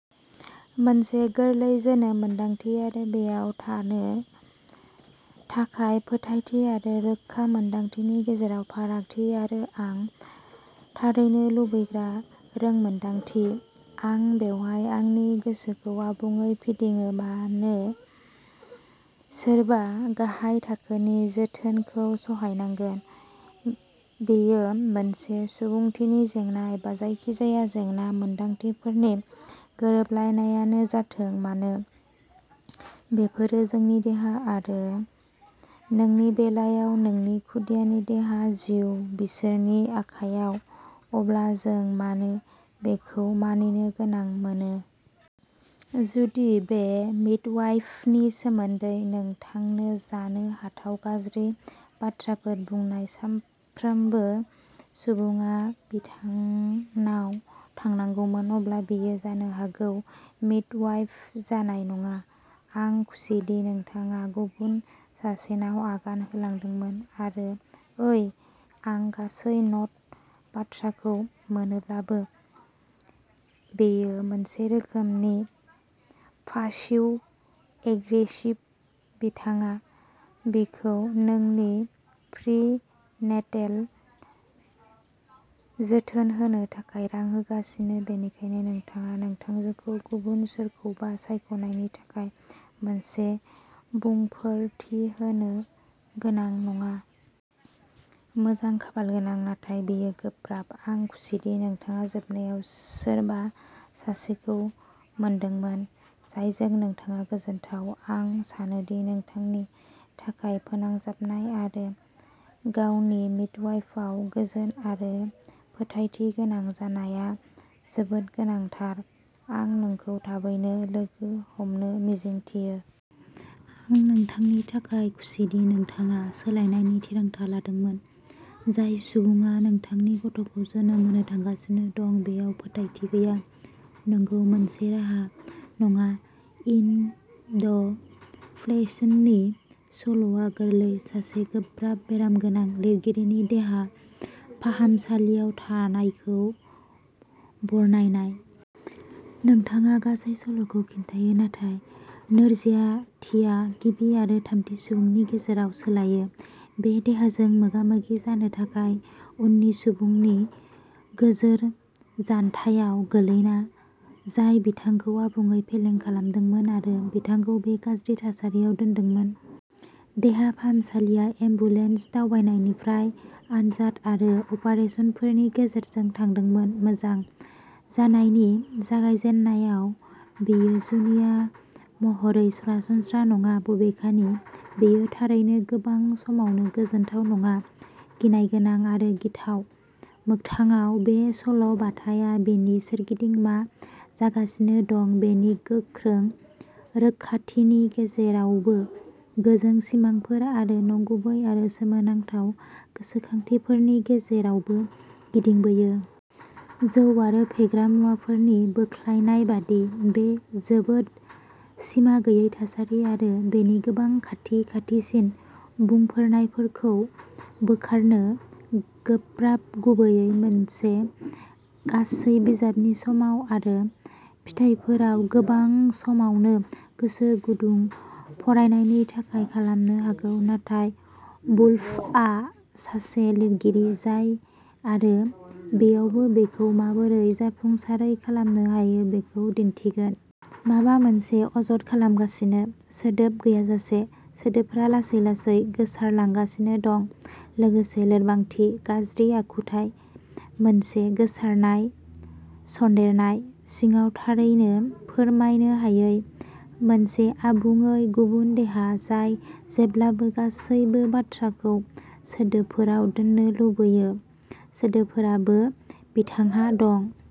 मोनसे गोरलै जोनोम मोन्दांथि आरो बेयाव थांनो थाखाय फोथायथि आरो रोखा मोन्दांथिनि गेजेराव फारागथि, आरो आं थारैनो लुबैग्रा रोंमोनदांथि। आं बेवहाय आंनि गोसोखौ आबुङै गिदिङो, मानो सोरबा गाहाय थाखोनि जोथोनखौ सहायगोन? बेयो मोनसे सुबुंथिनि जेंना एबा जायखिजाया जेंना मोन्दांथिफोरनि गोरोबलायनायानो जाथों मानो, बेफोरो जोंनि देहा आरो नोंनि बेलायाव, नोंनि खुदियानि देहा, जिउ, बिसोरनि आखायाव अब्ला जों मानो बेखौ मानिनो गोनां मोनो? जुदि बे मिडवाइफनि सोमोन्दै नोंथांनो जानो हाथाव गाज्रि बाथ्राफोर बुंनाय साफ्रोमबो सुबुङा बिथांनाव थांनांगौमोन, अब्ला बियो जानो हागौ मिडवाइफ जानाय नङा। आं खुसिदि नोंथाङा गुबुन सासेनाव आगान होलांदोंमोन। आरो ओइ, आं गासै न'ट बाथ्राखौ मोनोब्लाबो, बेयो मोनसे रोखोमनि पासिव एग्रेसिव, नोंथाङा बिखौ नोंनि प्रि नेटेल जोथोन होनो थाखाय रां होगासिनो बेनिखायनो, नोंथाङा बिथांजोखौ गुबुन सोरखौबा सायख'नायनि थाखाय मोनसे बुंफोरथि होनो गोनां नङा। मोजां खाफालगोनां, नाथाय बेयो गोब्राब। आं खुसिदि नोंथाङा जोबनायाव सोरबा सासेखौ मोनदोंमोन जायजों नोंथाङा गोजोनथाव। आं सानो दि नोंथांनि थाखाय फोनांजाबनाय आरो गावनि मिडवाइफआव गोजोन आरो फोथायथि गोनां जानाया जोबोद गोनांथार। आं नोंखौ थाबैनो लोगो हमनो मिजिंथियो। आं नोंथांनि थाखाय खुसिदि नोंथाङा सोलायनायनि थिरांथा लादोंमोन। जाय सुबुङा नोंथांनि गथ'खौ जोनोम होनो थांगासिनो दं, बेयाव फोथायथि गैया? नंगौ, मोनसे राहा नङा। इन द फ्लेशनि सल'आ गोरलै, सासे गोब्राब बेरामगोनां लिरगिरिनि देहा फाहामसालियाव थानायखौ बरनायनाय। बिथाङा गासै सल'खौ खिन्थायो, नाथाय नोजोरथिया गिबि आरो थामथि सुबुंनि गेजेराव सोलायो, बे देहाजों मोगा मोगि जानो थाखाय उननि सुबुंनि गोजोर जानथायाव गोग्लैना, जाय बिथांखौ आबुङै फेलें खालामदोंमोन आरो बिथांखौ बे गाज्रि थासारियाव दोनदोंमोन। देहा फाहामसालिया एम्बुलेन्स दावबायनायनिफ्राय आनजाद आरो अपारेसनफोरनि गेजेरजों थादोंमोन। मोजां जानायनि जागायजेन्नायाव, बेयो जुनिया महरै सरासनस्रा नङा, बबेखानि बेयो थारैनो गोबां समावनो गोजोनथाव नङा, गिनाय गोनां आरो गिथाव। मोगथाङाव बे सल' बाथाया बिनि सोरगिदिं मा जागासिनो दं बिनि गोख्रों रोखाथिनि गेजेरावबो गोजों सिमांफोर आरो नंगुबै आरो सोमोनांथाव गोसोखांथिफोरनि गेजेरावबो गिदिंबोयो। जौ आरो फेग्रा मुवाफोरनि जोंख्लाबनाय बायदि, बे जोबोद सिमा गैयै थासारि आरो बेनि गोबां खाथि खाथिसिन बुंफोरनायफोरखौ बोखारनो गोब्राब गुबैयै मोनसे गासै बिजाबनि समाव आरो फिथायफोरा गोबां समावनो मोनसे गोसो गुदुं फरायनायनि थाखाय खालामनो हागौ, नाथाय वुल्फआ सासे लिरगिरि जाय आरो बेयावबो बेखौ माबोरै जाफुंसारै खालामनो हायो बेखौ दिन्थिगोन। माबा मोनसेआ अजद खालामगासिनो, सोदोब गैयाजासे। सोदोबफोरा लासै लासै गोसारलांगासिनो दं, लोगोसे लोरबांथि। गाज्रि आखुथाय मोनसे गोसारनाय सन्देरनाय सिङाव थारैनो फोरमायनो हायै, मोनसे आबुङै गुबुन देहा जाय जेब्लाबो गासैबो बाथ्राखौ सोदोबफोराव दोननो लुबैयो। सोदोबफोराबो बिथांहा दं।